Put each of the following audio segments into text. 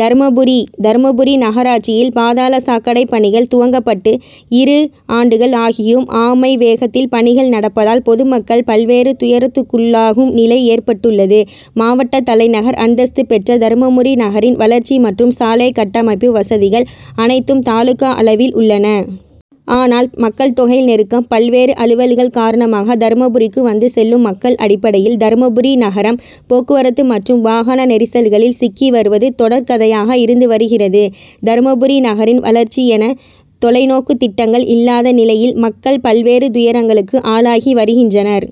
தர்மபுரி: தர்மபுரி நகராட்சியில் பாதாள சாக்கடை பணிகள் துவங்கப்பட்டு இரு ஆண்டுகள் ஆகியும், ஆமை வேகத்தில் பணிகள் நடப்பதால், பொதுமக்கள் பல்வேறு துயரத்துக்குள்ளாகும் நிலை ஏற்பட்டுள்ளது. மாவட்ட தலைநகர் அந்தஸ்து பெற்ற தர்மபுரி நகரின் வளர்ச்சி மற்றும் சாலை கட்டமைப்பு வசதிகள் அனைத்தும் தாலுகா அளவில் உள்ளன. ஆனால், மக்கள் தொகை நெருக்கம், பல்வேறு அலுவல்கள் காரணமாக தர்மபுரிக்கு வந்து செல்லும் மக்கள் அடிப்படையில் தர்மபுரி நகரம் போக்குவரத்து மற்றும் வாகன நெரிசல்களில் சிக்கி வருவது தொடர் கதையாக இருந்து வருகிறது. தர்மபுரி நகரின் வளர்ச்சி என தொலை நோக்கு திட்டங்கள் இல்லாத நிலையில் மக்கள் பல்வேறு துயரங்களுக்கு ஆளாகி வருகின்றனர்.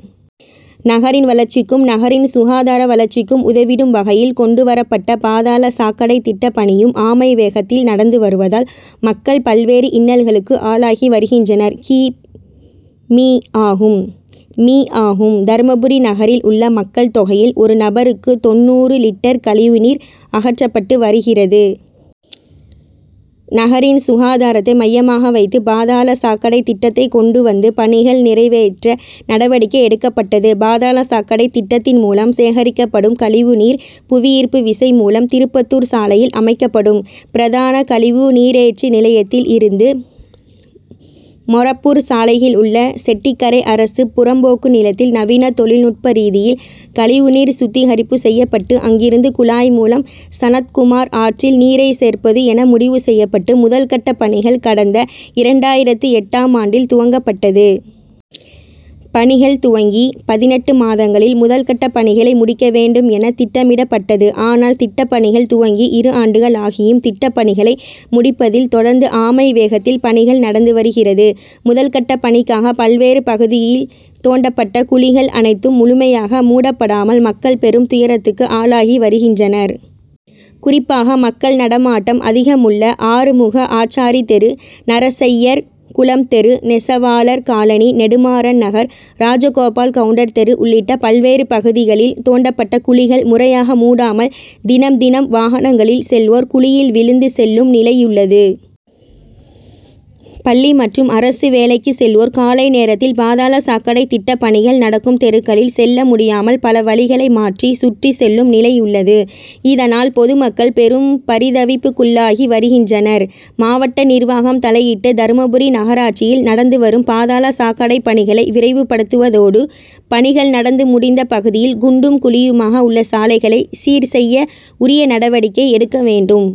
நகரின் வளர்ச்சிக்கும், நகரின் சுகாதார வளர்ச்சிக்கும் உதவிடும் வகையில் கொண்டு வரப்பட்ட பாதாள சாக்கடை திட்ட பணியும் ஆமை வேகத்தில் நடந்து வருவதால், மக்கள் பல்வேறு இன்னல்களுக்கு ஆளாகி வருகின்றனர். கி. மீ., ஆகும். மீ., ஆகும். தர்மபுரி நகரில் உள்ள மக்கள் தொகையில் ஒரு நபருக்கு தொண்ணூறு லிட்டர் கழிவு நீர் அகற்றப்பட்டு வருகிறது. நகரின் சுகாதாரத்தை மையமாக வைத்து பாதாள சாக்கடை திட்டத்தை கொண்டு வந்து பணிகள் நிறைவேற்ற நடவடிக்கை எடுக்கப்பட்டது. பாதாள சாக்கடை திட்டத்தின் மூலம் சேகரிக்கப்படும் கழிவு நீர் புவிஈர்ப்பு விசை மூலம் திருப்பத்தூர் சாலையில் அமைக்கப்படும் பிரதான கழிவு நீரேற்று நிலையத்தில் இருந்து மொரப்பூர் சாலையில் உள்ள செட்டிக்கரை அரசு புறம்போக்கு நிலத்தில் நவீன தொழில் நுட்ப ரீதியில் கழிவு நீர் சுத்திகரிப்பு செய்யப்பட்டு, அங்கிருந்து குழாய் மூலம் சனத்குமார் ஆற்றில் நீரை சேர்ப்பது என முடிவு செய்யப்பட்டு முதல் கட்ட பணிகள் கடந்த இரண்டாயிரத்து எட்டாம் ஆண்டில் துவங்கப்பட்டது. பணிகள் துவங்கி பதினெட்டு மாதங்களில் முதல் கட்ட பணிகளை முடிக்க வேண்டும் என திட்டமிடப்பட்டது. ஆனால், திட்ட பணிகள் துவங்கி இரு ஆண்டுகள் ஆகியும் திட்ட பணிகளை முடிப்பதில் தொடர்ந்து ஆமை வேகத்தில் பணிகள் நடந்து வருகிறது. முதல் கட்ட பணிக்காக பல்வேறு பகுதியில் தோண்டப்பட்ட குழிகள் அனைத்தும் முழுமையாக மூடப்படாமல் மக்கள் பெரும் துயரத்துக்கு ஆளாகி வருகின்றனர். குறிப்பாக மக்கள் நடமாட்டம் அதிகம் உள்ள ஆறுமுக ஆச்சாரி தெரு, நரசய்யர் குளம் தெரு, நெசவாளர் காலனி, நெடுமாறன் நகர், ராஜகோபால் கவுண்டர் தெரு உள்ளிட்ட பல்வேறு பகுதியில் தோண்டப்பட்ட குழிகள் முறையாக மூடாமல் தினம், தினம் வாகனங்களில் செல்வோர் குழியில் விழுந்து செல்லும் நிலையுள்ளது. பள்ளி மற்றும் அரசு வேலைக்கு செல்வோர் காலை நேரத்தில் பாதாள சாக்கடை திட்ட பணிகள் நடக்கும் தெருக்களில் செல்ல முடியாமல் பல வழிகளை மாற்றி சுற்றி செல்லும் நிலையுள்ளது. இதனால், பொதுமக்கள் பெரும் பரிதவிப்புக்குள்ளாகி வருகின்றனர். மாவட்ட நிர்வாகம் தலையீட்டு தர்மபுரி நகராட்சியில் நடந்து வரும் பாதாள சாக்கடை பணிகளை விரைவுப்படுத்துவதோடு, பணிகள் நடந்து முடிந்த பகுதியில் குண்டும் குழியுமாக உள்ள சாலைகளை சீர் செய்ய உரிய நடவடிக்கை எடுக்க வேண்டும்.